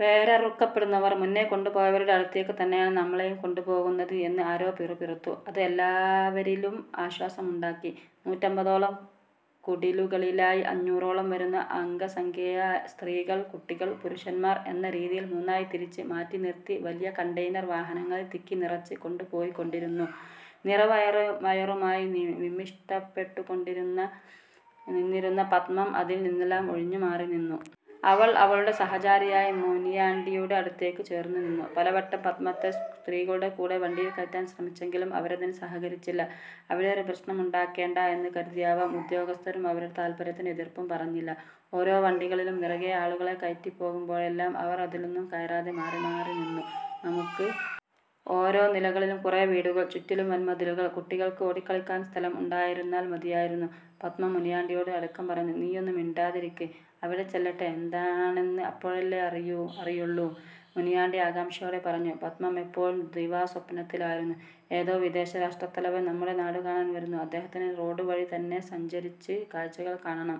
വേരറുക്കപ്പെടുന്നവർ, മുന്നേ കൊണ്ടുപോയവരുടെ അടുത്തേക്കു തന്നെയാണ് നമ്മളെയും കൊണ്ടുപോകുന്നത് എന്ന് ആരോ പിറുപിറുത്തു. അത് എല്ലാവരിലും ആശ്വാസമുണ്ടാക്കി. നൂറ്റമ്പതോളം കുടിലുകളിലായി അഞ്ഞൂറോളം വരുന്ന അംഗസംഖ്യയെ സ്ത്രീകൾ, കുട്ടികൾ, പുരുഷന്മാർ എന്ന രീതിയിൽ മുന്നായി തിരിച്ച് മാറ്റിനിർത്തി വലിയ കണ്ടെയ്നർ വാഹനങ്ങളിൽ തിക്കിനിറച്ച് കൊണ്ടുപോയിക്കൊണ്ടിരുന്നു. നിറവയറുമായി വിമ്മിഷ്ടപ്പെട്ടുനിന്നിരുന്ന പത്മം അതിൽ നിന്നെല്ലാം ഒഴിഞ്ഞുമാറിനിന്നു. അവൾ അവളുടെ സഹചാരിയായ മുനിയാണ്ടിയുടെ അടുത്തേക്കു ചേർന്നുനിന്നു. പലവട്ടം പത്മത്തെ സ്ത്രീകളുടെ കൂടെ വണ്ടിയിൽ കയറ്റാൻ ശ്രമിച്ചെങ്കിലും അവരതിന് സഹകരിച്ചില്ല. അവിടെ ഒരു പ്രശ്നമുണ്ടാക്കേണ്ട എന്ന് കരുതിയാവാം ഉദ്യോഗസ്ഥരും അവരുടെ താൽപര്യത്തിന് എതിർപ്പു പറഞ്ഞില്ല. ഓരോ വണ്ടികളിലും നിറയെ ആളുകളെ കയറ്റിപ്പോകുമ്പോഴെല്ലാം അവർ അതിലൊന്നും കയറാതെ മാറിമാറിനിന്നു. നമുക്ക് ഓരോ നിലകളിലും കുറേ വീടുകൾ. ചുറ്റിലും വൻമതിലുകൾ. കുട്ടികൾക്ക് ഓടിക്കളിക്കാൻ സ്ഥലം ഉണ്ടായിരുന്നാൽ മതിയായിരുന്നു. പത്മം മുനിയാണ്ടിയോട് അടക്കം പറഞ്ഞു. നീയൊന്നു മിണ്ടാതിരിക്ക്. അവിടെ ചെല്ലട്ടെ. എന്താണെന്ന് അപ്പോഴല്ലേ അറിയുള്ളൂ. മുനിയാണ്ടി ആകാംക്ഷയോടെ പറഞ്ഞു. പത്മം അപ്പോഴും ദിവാസ്വപ്നത്തിലായിരുന്നു. ഏതോ വിദേശ രാഷ്ട്രത്തലവൻ നമ്മുടെ നാടുകാണാൻ വരുന്നു. അദ്ദേഹത്തിന് റോഡുവഴി തന്നെ സഞ്ചരിച്ച് കാഴ്ചകൾ കാണണം.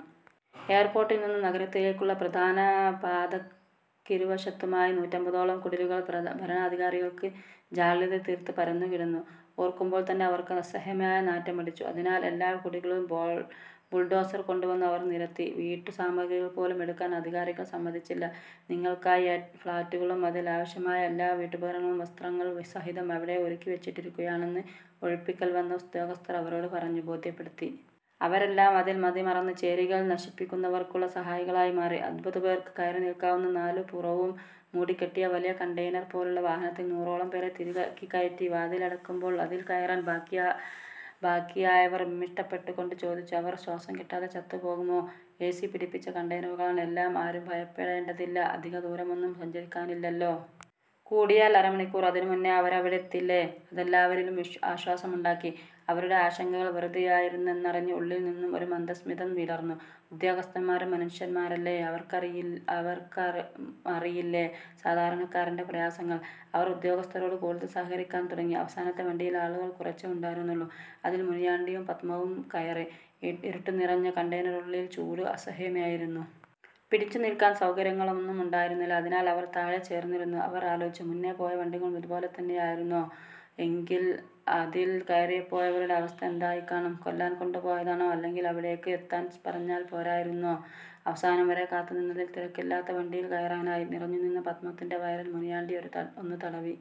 എയർപോർട്ടിൽനിന്നും നഗരത്തിലേക്കുള്ള പ്രധാനപാതയ്ക്കിരുവശത്തുമായി നൂറ്റമ്പതോളം കുടിലുകൾ ഭരണാധികാരികൾക്ക് ജാള്യത തീർത്ത് പരന്നുകിടന്നു. ഓർക്കുമ്പോൾതന്നെ അവർക്ക് അസഹ്യമായ നാറ്റമടിച്ചു. അതിനാൽ എല്ലാ കുടിലുകളും ബുൾഡോസർ കൊണ്ടുവന്ന് അവർ നിരത്തി. വീട്ടുസാമഗ്രികൾ പോലും എടുക്കാൻ അധികാരികൾ സമ്മതിച്ചില്ല. നിങ്ങൾക്കായി ഫ്ലാറ്റുകളും അതിൽ ആവശ്യമായ എല്ലാ വീട്ടുപകരണങ്ങളും വസ്ത്രങ്ങൾ സഹിതം അവിടെ ഒരുക്കിവെച്ചിരിക്കുകയാണെന്ന് ഒഴിപ്പിക്കാൻ വന്ന ഉദ്യോഗസ്ഥർ അവരോടു പറഞ്ഞ് ബോധ്യപ്പെടുത്തി. അവരെല്ലാം അതിൽ മതിമറന്ന് ചേരികൾ നശിപ്പിക്കുന്നവർക്കുള്ള സഹായികളായി മാറി. അമ്പതുപേർക്ക് കയറിനിൽക്കാവുന്ന നാലുപുറവും മൂടിക്കെട്ടിയ വലിയ കണ്ടെയ്നർ പോലുള്ള വാഹനത്തിൽ നൂറോളം പേരെ തിരുകിക്കയറ്റി വാതിലടയ്ക്കുമ്പോൾ അതിൽ കയറാൻ ബാക്കിയായവർ വിമ്മിഷ്ടപ്പെട്ടുകൊണ്ട് ചോദിച്ചു. അവർ ശ്വാസം കിട്ടാതെ ചത്തുപോകുമോ. എസി പിടിപ്പിച്ച കണ്ടെയ്നറുകളാണ് എല്ലാം. ആരും ഭയപ്പെടേണ്ടതില്ല. അധികദൂരമൊന്നും സഞ്ചരിക്കാനില്ലല്ലോ. കൂടിയാൽ അര മണിക്കൂർ. അതിനുമുന്നേ അവരവിടെയെത്തില്ലേ. അതെല്ലാവരിലും ആശ്വാസമുണ്ടാക്കി. അവരുടെ ആശങ്കകൾ വെറുതെയായിരുന്നെന്നറിഞ്ഞ് ഉള്ളിൽനിന്നും ഒരു മന്ദസ്മിതം വിടർന്നു. ഉദ്യോഗസ്ഥന്മാരും മനുഷ്യന്മാരല്ലേ. അവർക്കുമറിയില്ലേ സാധാരണക്കാരൻ്റെ പ്രയാസങ്ങൾ. അവർ ഉദ്യോഗസ്ഥരോട് കൂടുതൽ സഹകരിക്കാൻ തുടങ്ങി. അവസാനത്തെ വണ്ടിയിൽ ആളുകൾ കുറച്ചേ ഉണ്ടായിരുന്നുള്ളൂ. അതിൽ മുനിയാണ്ടിയും പത്മവും കയറി. ഇരുട്ടുനിറഞ്ഞ കണ്ടെയ്നറിനുള്ളിൽ ചൂട് അസഹ്യമായിരുന്നു. പിടിച്ചുനിൽക്കാൻ സൗകര്യങ്ങളൊന്നുമുണ്ടായിരുന്നില്ല. അതിനാൽ അവർ താഴെ ചേർന്നിരുന്നു. അവർ ആലോചിച്ചു. മുന്നേ പോയ വണ്ടികളും ഇതുപോലെത്തന്നെയായിരുന്നോ. ഓ, എങ്കിൽ അതിൽ കയറിപ്പോയവരുടെ അവസ്ഥ എന്തായിക്കാണും. കൊല്ലാൻ കൊണ്ടുപോയതാണോ. അല്ലെങ്കിൽ അവിടേക്ക് എത്താൻ പറഞ്ഞാൽ പോരായിരുന്നോ. അവസാനം വരെ കാത്തുനിന്നതിനാൽ തിരക്കില്ലാത്ത വണ്ടിയിൽ കയറാനായി. നിറഞ്ഞുനിന്ന പത്മത്തിൻ്റെ വയറിൽ മുനിയാണ്ടി ഒന്നു തടവി.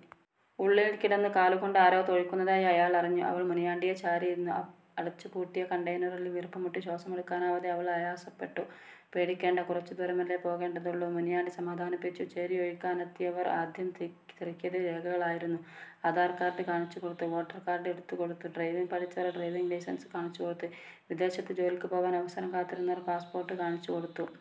ഉള്ളിൽ കിടന്ന് കാലുകൊണ്ട് ആരോ തൊഴിക്കുന്നതായി അയാൾ അറിഞ്ഞു. അവൾ മുനിയാണ്ടിയെ ചാരിയിരുന്നു. അടച്ചുപൂട്ടിയ കണ്ടെയ്നറിൽ വീർപ്പുമുട്ടി ശ്വാസമെടുക്കാനാവാതെ അവൾ ആയാസപ്പെട്ടു. പേടിക്കേണ്ട, കുറച്ചുദൂരമല്ലേ പോകേണ്ടതുള്ളൂ. മുനിയാണ്ടി സമാധാനിപ്പിച്ചു. ചേരി ഒഴിക്കാനെത്തിയവർ ആദ്യം തിരക്കിയത് രേഖകളായിരുന്നു. ആധാർ കാർഡ് കാണിച്ചുകൊടുത്തു. വോട്ടർ കാർഡ് എടുത്തുകൊടുത്തു. ഡ്രൈവിങ് പഠിച്ചവർ ഡ്രൈവിങ് ലൈസൻസ് കാണിച്ചുകൊടുത്തു. വിദേശത്ത് ജോലിക്ക് പോകാൻ അവസരം കാത്തിരുന്നവർ പാസ്‌പോർട്ട് കാണിച്ചുകൊടുത്തു.